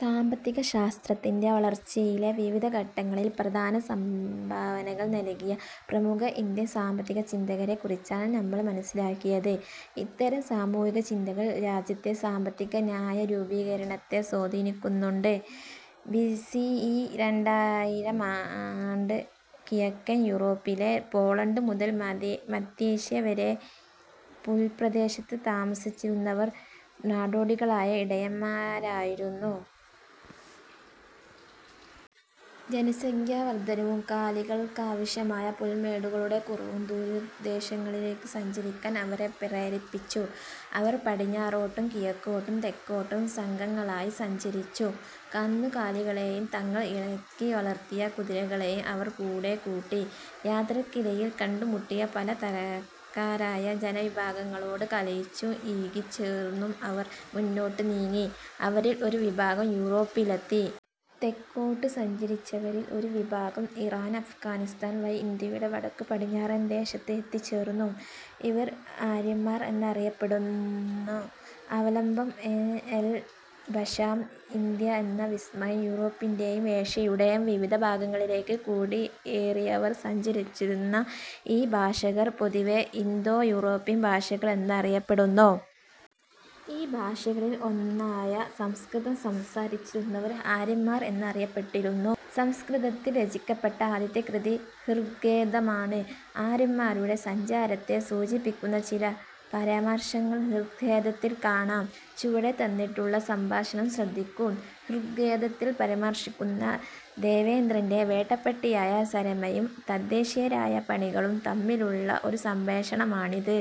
സാമ്പത്തികശാസ്ത്രത്തിന്റെ വളർച്ചയിലെ വിവിധ ഘട്ടങ്ങളിൽ പ്രധാന സംഭാവനകൾ നൽകിയ പ്രമുഖ ഇന്ത്യൻ സാമ്പത്തിക ചിന്തകരെക്കുറിച്ചാണ് നമ്മൾ മനസിലാക്കിയത്. ഇത്തരം സാമൂഹ്യചിന്തകൾ രാജ്യത്തെ സാമ്പത്തിക നയരൂപീകരണത്തെ സ്വാധീനിക്കുന്നുണ്ട്. ബി സി ഇ രണ്ടായിരാമാണ്ട്. കിഴക്കൻ യൂറോപ്പിലെ പോളണ്ട് മുതൽ മധ്യേഷ്യ വരെയുള്ള പുൽപ്രദേശത്ത് താമസിച്ചിരുന്നവർ നാടോടികളായ ഇടയന്മാരായിരുന്നു. ജനസംഖ്യാവർധനവും കാലികൾക്കാവശ്യമായ പുൽമേടുകളുടെ കുറവും ദൂരദേശങ്ങളിലേക്ക് സഞ്ചരിക്കാൻ അവരെ പ്രേരിപ്പിച്ചു. അവർ പടിഞ്ഞാറോട്ടും കിഴക്കോട്ടും തെക്കോട്ടും സംഘങ്ങളായി സഞ്ചരിച്ചു. കന്നുകാലികളെയും തങ്ങൾ ഇണക്കി വളർത്തിയ കുതിരകളെയും അവർ കൂടെക്കൂട്ടി. യാത്രയ്ക്കിടയിൽ കണ്ടുമുട്ടിയ പല തരക്കാരായ ജനവിഭാഗങ്ങളോട് കലഹിച്ചും ഇഴുകി ച്ചേർന്നും അവർ മുന്നോട്ടു നീങ്ങി. അവരിൽ ഒരു വിഭാഗം യൂറോപ്പിലെത്തി. തെക്കോട്ടു സഞ്ചരിച്ചവരിൽ ഒരു വിഭാഗം ഇറാൻ, അഫ്ഗാനിസ്ഥാൻ വഴി ഇന്ത്യയുടെ വടക്കുപടിഞ്ഞാറൻ ദേശത്ത് എത്തിച്ചേർന്നു. ഇവർ ആര്യന്മാർ എന്നറിയപ്പെടുന്നു. അവലംബം: എ. എൽ. ബാഷാം, 'ഇന്ത്യ എന്ന വിസ്മയം' യൂറോപ്പിന്റെയും ഏഷ്യയുടെയും വിവിധ ഭാഗങ്ങളിലേക്കു കുടിയേറിയവർ സംസാരിച്ചിരുന്ന ഈ ഭാഷകൾ പൊതുവെ ഇന്തോ- യൂറോപ്യൻ ഭാഷകൾ എന്നറിയപ്പെടുന്നു. ഈ ഭാഷകളിൽ ഒന്നായ സംസ്കൃതം സംസാരിച്ചിരുന്നവർ ആര്യന്മാർ എന്നറിയപ്പെട്ടിരുന്നു. സംസ്കൃതത്തിൽ രചിക്കപ്പെട്ട ആദ്യത്തെ കൃതി ഋഗ്വേദമാണ്. ആര്യന്മാരുടെ സഞ്ചാരത്തെ സൂചിപ്പിക്കുന്ന ചില പരാമർശങ്ങൾ ഋഗ്വേദത്തിൽ കാണാം. ചുവടെ തന്നിട്ടുള്ള സംഭാഷണം ശ്രദ്ധിക്കൂ. ഋഗ്വേദത്തിൽ പരാമർശിക്കുന്ന ദേവേന്ദ്രന്റെ വേട്ടപ്പട്ടിയായ സരമയും തദ്ദേശീയരായ പണികളും തമ്മിലുള്ള ഒരു സംഭാഷണമാണിത്.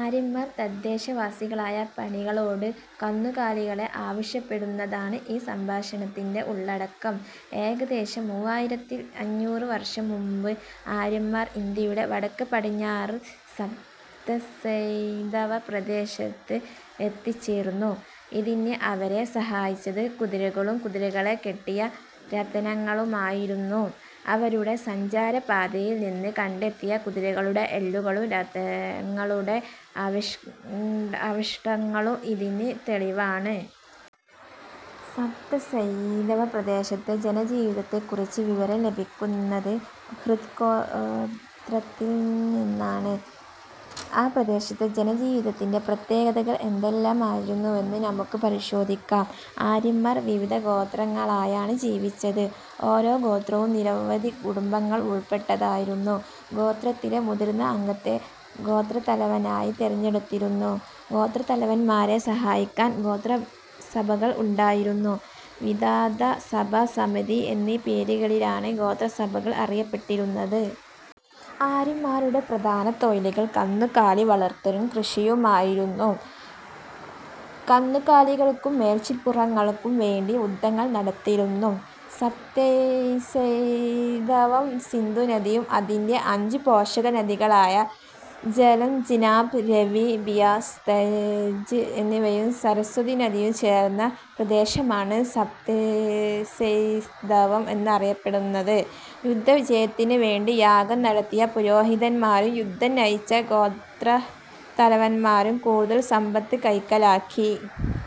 ആര്യന്മാർ തദ്ദേശവാസികളായ പണികളോട് കന്നുകാലികളെ ആവശ്യപ്പെടുന്നതാണ് ഈ സംഭാഷണത്തിന്റെ ഉള്ളടക്കം. ഏകദേശം മൂവായിരത്തി അഞ്ഞൂറ് വർഷം മുമ്പ് ആര്യന്മാർ ഇന്ത്യയുടെ വടക്കു പടിഞ്ഞാറ് സപ്തസൈന്ധവ പ്രദേശത്ത് എത്തിച്ചേർന്നു. ഇതിന് അവരെ സഹായിച്ചത് കുതിരകളും കുതിരകളെ കെട്ടിയ രതനങ്ങളുമായിരുന്നു. അവരുടെ സഞ്ചാര പാതയിൽ നിന്ന് കണ്ടെത്തിയ കുതിരകളുടെ എല്ലുകളും രഥങ്ങളുടെ അവശിഷ്ടങ്ങളും ഇതിനു തെളിവാണ്. സപ്തസൈന്ധവപ്രദേശത്തെ ജനജീവിതത്തെക്കുറിച്ച് വിവരം ലഭിക്കുന്നത് ഋഗ്വേദത്തിൽനിന്നാണ്. ആ പ്രദേശത്തെ ജനജീവിതത്തിന്റെ പ്രത്യേകതകൾ എന്തെല്ലാമായിരുന്നുവെന്ന് നമുക്ക് പരിശോധിക്കാം. ആര്യന്മാർ വിവിധ ഗോത്രങ്ങളായാണ് ജീവിച്ചത്. ഓരോ ഗോത്രവും നിരവധി കുടുംബങ്ങൾ ഉൾപ്പെട്ടതായിരുന്നു. ഗോത്രത്തിലെ മുതിർന്ന അംഗത്തെ ഗോത്രതലവനായി തെരഞ്ഞെടുത്തിരുന്നു. ഗോത്രതലവന്മാരെ സഹായിക്കാൻ ഗോത്രസഭകൾ ഉണ്ടായിരുന്നു. വിധാത, സഭ, സമിതി എന്നീ പേരുകളിലാണ് ഗോത്രസഭകൾ അറിയപ്പെട്ടിരുന്നത്. ആര്യന്മാരുടെ പ്രധാന തൊഴിലുകൾ കന്നുകാലി വളർത്തലും കൃഷിയുമായിരുന്നു. കന്നുകാലികൾക്കും മേച്ചിൽപ്പുറങ്ങൾക്കും വേണ്ടി യുദ്ധങ്ങൾ നടത്തിയിരുന്നു. സപ്തസൈന്ധവം സിന്ധുനദിയും അതിന്റെ അഞ്ചു പോഷക നദികളായ ഝലം, ചിനാബ്, രാവി, ബിയാസ്, സത്ലജ് എന്നിവയും സരസ്വതീ നദിയും ചേർന്ന പ്രദേശമാണ് സപ്തസൈന്ധവം എന്നറിയപ്പെടുന്നത്. യുദ്ധവിജയത്തിനുവേണ്ടി യാഗം നടത്തിയ പുരോഹിതന്മാരും യുദ്ധം നയിച്ച ഗോത്രത്തലവന്മാരും കൂടുതൽ സമ്പത്ത് കൈക്കലാക്കി.